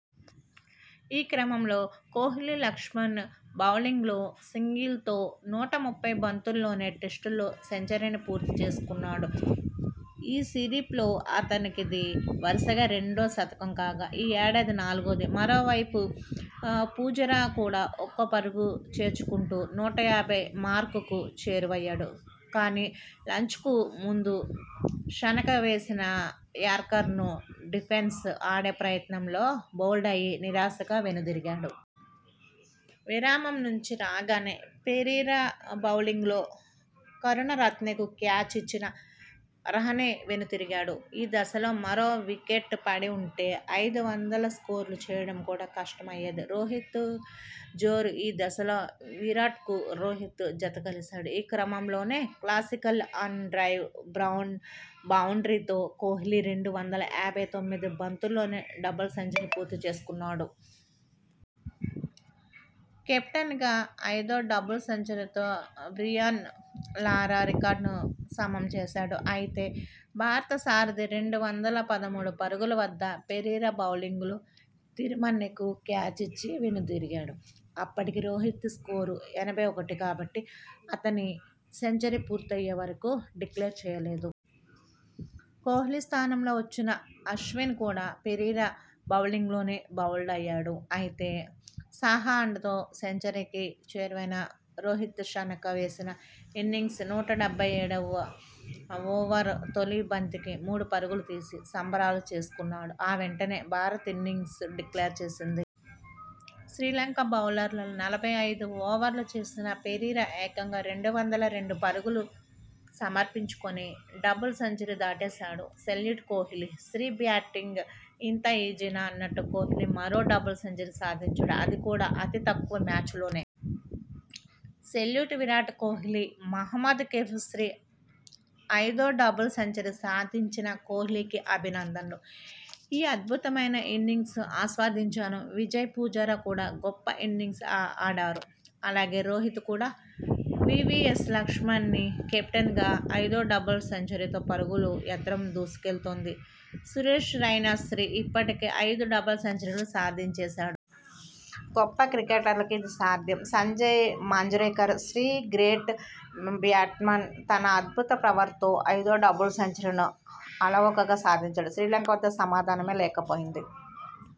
ఈ క్రమంలో కోహ్లీలక్మల్ బౌలింగ్లో సింగిల్తో నూట ముప్పై బంతుల్లోనే టెస్టుల్లో సెంచరీని పూర్తి చేసుకున్నాడు. ఈ సిరీస్లో అతనికిది వరుసగా రెండో శతకం కాగా ఈ ఏడాది నాలుగోది. మరోవైపు పుజారా కూడా ఒక్కో పరుగు చేర్చుకుంటూ నూట యాభై మార్కుకు చేరువయ్యాడు. కానీ లంచ్కు ముందు షనక వేసిన యార్కర్ను డిఫెన్స్ ఆడే ప్రయత్నంలో బౌల్డయి నిరాశగా వెనుదిరిగాడు. విరామం నుంచి రాగానే పెరీర బౌలింగ్లో కరుణ రత్నెకు క్యాచ్ ఇచ్చిన రహానె వెనుతిరిగాడు. ఈ దశలో మరో వికెట్ పడి ఉంటే ఐదు వందల స్కోరు చేయడం కూడా కష్టమయ్యేది. రోహిత్ జోరు ఈ దశలో విరాట్కు రోహిత్ జతకలిశాడు. ఈ క్రమంలోనే క్లాసికల్ ఆన్ డ్రైవ్ బౌండ్రీతో కోహ్లీ రెండు వందల యాభై తొమ్మిది బంతుల్లోనే డబుల్ సెంచరీ పూర్తి చేసుకున్నాడు. కెప్టెన్గా ఐదో డబుల్ సెంచరీతో బ్రియాన్ లారా రికార్డును సమం చేశాడు. అయితే భారత సారథి రెండు వందల పదమూడు పరుగుల వద్ద పెరీర బౌలింగ్లో తిరిమన్నెకు క్యాచ్ ఇచ్చి వెనుదిరిగాడు. అప్పటికి రోహిత్ స్కోరు ఎనభై ఒకటి. కాబట్టి అతని సెంచరీ పూర్తయ్యే వరకూ డిక్లేర్ చేయలేదు. కోహ్లీ స్థానంలో వచ్చిన అశ్విన్ కూడా పెరీర బౌలింగ్లోనే బౌల్డయ్యాడు. అయితే సాహా అండతో సెంచరీకి చేరువైన రోహిత్ షనక వేసిన ఇన్నింగ్స్ నూట డెబ్బై ఏడువ ఓవర్ తొలి బంతికి మూడు పరుగుల తీసి సంబరాలు చేసుకున్నాడు. ఆ వెంటనే భారత్ ఇన్నింగ్స్ను డిక్లేర్ చేసింది. శ్రీలంక బౌలర్లలో నలభై ఐదు ఓవర్లు వేసిన పెరీర ఏకంగా రెండు వందల రెండు పరుగులు సమర్పించుకొని డబుల్ సెంచరీ దాటేశాడు. సెల్యూట్ కోహ్లీ! శ్రీ 'బ్యాటింగ్ ఇంత ఈజీనా అన్నట్టు కోహ్లీ మరో డబుల్ సెంచరీ సాధించాడు. అది కూడా అతి తక్కువ మ్యాచ్ లోనే. సెల్యూట్ విరాట్ కోహ్లీ' మహ్మద్ కైఫ్ శ్రీ 'ఐదో డబుల్ సెంచరీ సాధించిన కోహ్లీకి అభినందనలు. ఈ అద్భుతమైన ఇన్నింగ్స్ను ఆస్వాదించాను. విజయ్, పుజారా కూడా గొప్ప ఇన్నింగ్స్ ఆడారు. అలాగే రోహిత్ కూడా ' వీవీఎస్ లక్ష్మణ్శ్రీ 'కెప్టెన్గా ఐదో డబుల్ సెంచరీతో పరుగుల యంత్రం దూసుకెళ్తోంది' సురేష్ రైనాశ్రీ 'ఇప్పటికే ఐదు డబుల్ సెంచరీలు సాధించేశాడు. గొప్ప క్రికెటర్లకే ఇది సాధ్యం'- సంజయ్ మంజ్రేకర్ శ్రీ 'గ్రేట్ బ్యాట్స్మన్. తన అద్భుత పవర్తో ఐదో డబుల్ సెంచరీని అలవోకగా సాదించాడు. శ్రీలంక వద్ద సమాధానమే లేకపోయింది.